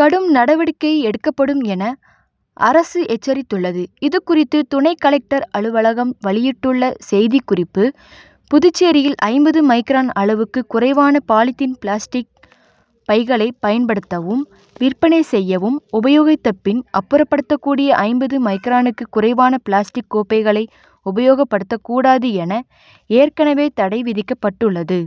கடும் நடவடிக்கை எடுக்கப்படும் என அரசு எச்சரித்துள்ளது. இது குறித்து துணை கலெக்டர் அலுவலகம் வெளியிட்டுள்ள செய்திக்குறிப்பு:புதுச்சேரியில் ஐம்பது மைக்ரான் அளவுக்கு குறைவான பாலிதீன் பிளாஸ்டிக் பைகளை பயன்படுத்தவும் விற்பனை செய்யவும் உபயோகித்த பின் அப்புறப்படுத்தக்கூடிய ஐம்பது மைக்ரானுக்கு குறைவான பிளாஸ்டிக் கோப்பைகளை உபயோகப் படுத்தக்கூடாது என ஏற்கனவே தடை விதிக்கப்பட்டுள்ளது.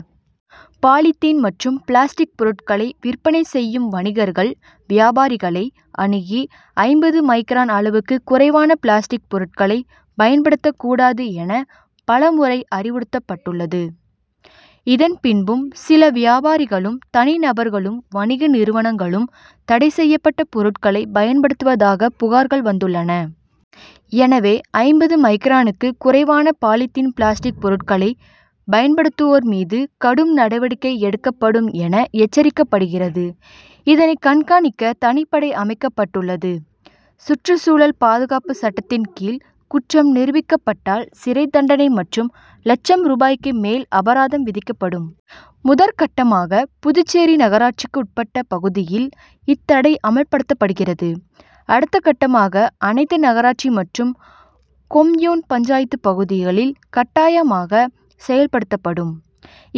பாலிதீன் மற்றும் பிளாஸ்டிக் பொருட்களை விற்பனை செய்யும் வணிகர்கள் வியாபாரிகளை அணுகி ஐம்பது மைக்ரான் அளவுக்கு குறைவான பிளாஸ்டிக் பொருட்களை பயன்படுத்தக் கூடாது என பலமுறை அறிவுறுத்தப்பட் டுள்ளது. இதன் பின்பும் சில வியாபாரிகளும் தனி நபர்களும் வணிக நிறுவனங்ககளும் தடை செய்யப்பட்ட பொருட்களை பயன்படுத்துவதாக புகார்கள் வந்துள்ளன. எனவே ஐம்பது மைக்ரானுக்கு குறைவான பாலிதீன் பிளாஸ்டிக் பொருட்களை பயன்படுத்துவோர் மீது கடும் நடவடிக்கை எடுக்கப்படும் என எச்சரிக்கப்படுகிறது. இதனை கண்காணிக்க தனிப்படை அமைக்கப்பட் டுள்ளது. சுற்றுச்சூழல் பாதுகாப்பு சட்டத்தின் கீழ் குற்றம் நிரூபிக்கப் பட்டால் சிறை தண்டனை மற்றும் லட்சம் ரூபாய்க்கு மேல் அபராதம் விதிக்கப்படும். முதற்கட்டமாக புதுச்சேரி நகராட்சிக்குட்பட்ட பகுதியில் இத் தடை அமல்படுத்தப்படுகிறது. அடுத்த கட்டமாக அனைத்து நகராட்சி மற்றும் கொம்யூன் பஞ்சாயத்து பகுதிகளில் கட்டாயமாக செயல்படுத்தப்படும்.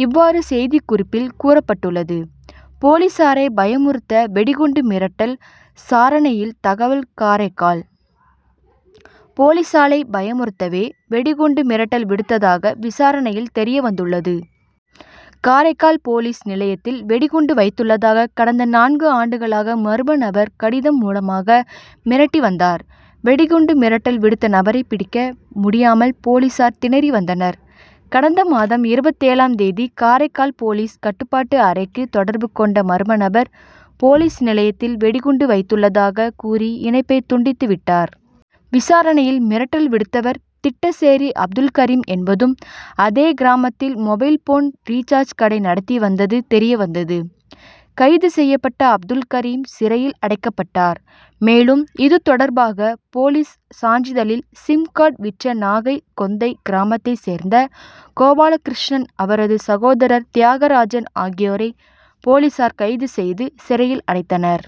இவ்வாறு செய்திக்குறிப்பில் கூறப்பட்டுள்ளது. போலீசாரை பயமுறுத்த வெடிகுண்டு மிரட்டல் சாரணையில் தகவல் காரைக்கால்:போலீசாலை பயமுறுத்தவே வெடி குண்டு மிரட்டல் விடுத்ததாக விசாரணையில் தெரிய வந்துள்ளது. காரைக்கால் போலீஸ் நிலையத்தில் வெடிகுண்டு வைத்துள்ளதாக கடந்த நான்கு ஆண்டுகளாக மர்ம நபர் கடிதம் மூலமாக மிரட்டி வந்தார். வெடிகுண்டு மிரட்டல் விடுத்த நபரை பிடிக்க முடியாமல் போலீசார் திணறி வந்தனர். கடந்த மாதம் இருபத்தேழாம் தேதி காரைக்கால் போலீஸ் கட்டுப்பாட்டு அறைக்கு தொடர்பு கொண்ட மர்ம நபர் போலீஸ் நிலையத்தில் வெடிகுண்டு வைத்துள்ளதாக கூறி இணைப்பை துண்டித்து விட்டார். விசாரணையில் மிரட்டல் விடுத்தவர் திட்டச்சேரி அப்துல்கரீம் என் பதும் அதே கிராமத்தில் மொபைல் போன் ரீசாஜ் கடை நடத்தி வந்தது தெரியவந்தது. கைது செய்யப்பட்ட அப்துல்கரீம் சிறையில் அடைக்கப் பட்டார். மேலும் இது தொடர்பாக போலி சான்றிதழில் சிம் கார்டு விற்ற நாகை கொந்தை கிராமத்தை சேர்ந்த கோபாலகிருஷ்ணன் அவரது சகோதரர் தியாகராஜன் ஆகியோரை போலீசார் கைது செய்து சிறையில் அடைத்தனர்.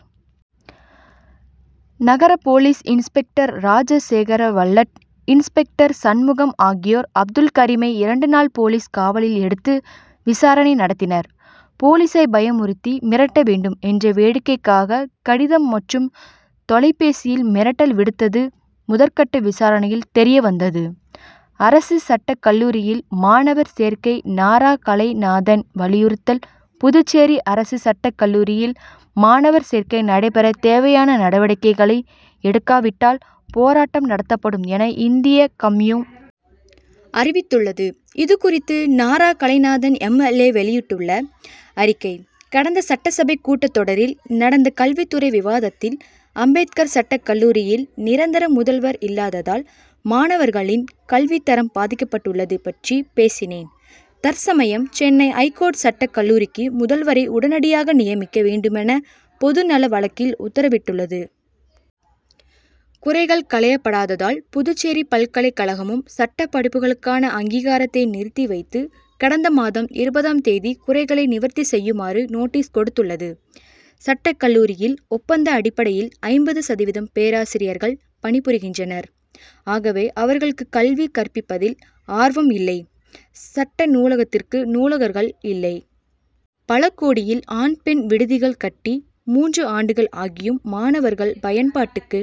நகர போலீஸ் இன்ஸ்பெக்டர் ராஜ சேகரன்வல்லட் சப்இன்ஸ்பெக்டர் சண்முகம் ஆகியோர் அப்துல் கரீமை இரண்டு நாள் போலீஸ் காவலில் எடுத்து விசாரணை நடத்தினர். போலீசை பயமுறுத்தி மிரட்ட வேண்டும் என்று வேடிக்கைக்காக கடிதம் மற்றும் தொலைபேசியில் மிரட்டல் விடுத்தது முதற்கட்ட விசாரணையில் தெரிய வந்தது. அரசு சட்டக் கல்லூரியில் மாணவர் சேர்க்கை நாரா கலைநாதன் வலியுறுத்தல் புதுச்சேரி அரசு சட்டக் கல்லூரியில் மாண வர் சேர்க்கை நடைபெற தேவையான நடவடிக்கைகளை எடுக்காவிட்டால் போராட்டம் நடத்தப்படும் என இந்திய கம்யூ. அறிவித்துள்ளது. இதுகுறித்து Nara Kalainathan M. L. A. வெளியிட்டுள்ள அறிக்கை:கடந்த சட்டசபை கூட்டத்தொடரில் நடந்த கல்வித்துறை விவாதத்தில் அம்பேத்கர் சட்டக் கல்லூரியில் நிரந் தர முதல்வர் இல்லாததால் மாணவர் களின் கல்வித்தரம் பாதிக் கப்பட்டுள் ளது பற்றி பேசினேன். தற்சமயம் சென்னை ஐகோர்ட் சட்டக் கல்லூரிக்கு முதல்வரை உடனடியாக நியமிக்க வேண்டுமென பொது நல வழக்கில் உத்தரவிட்டுள்ளது. குறைகள் களையப்படாததால் புதுச்சேரி பல்கலைக்கழகமும் சட்ட படிப்புகளுக்கான அங்கீகாரத்தை நிறுத்தி வைத்து கடந்த மாதம் இருபதாம் தேதி குறைகளை நிவர்த்தி செய்யுமாறு நோட்டீஸ் கொடுத்துள்ளது. சட்டக் கல்லூரியில் ஒப்பந்த அடிப்படையில் ஐம்பது சதவீதம் பேராசிரியர்கள் பணிபுரிகின்றனர். ஆகவே அவர்களுக்கு கல்வி கற்பிப்பதில் ஆர்வம் இல்லை. சட்ட நூலகத்திற்கு நூலகர்கள் இல்லை. பல கோடியில் ஆண் பெண் விடுதிகள் கட்டி மூன்று ஆண்டுகள் ஆகியும் மாணவர்கள் பயன்பாட்டுக்கு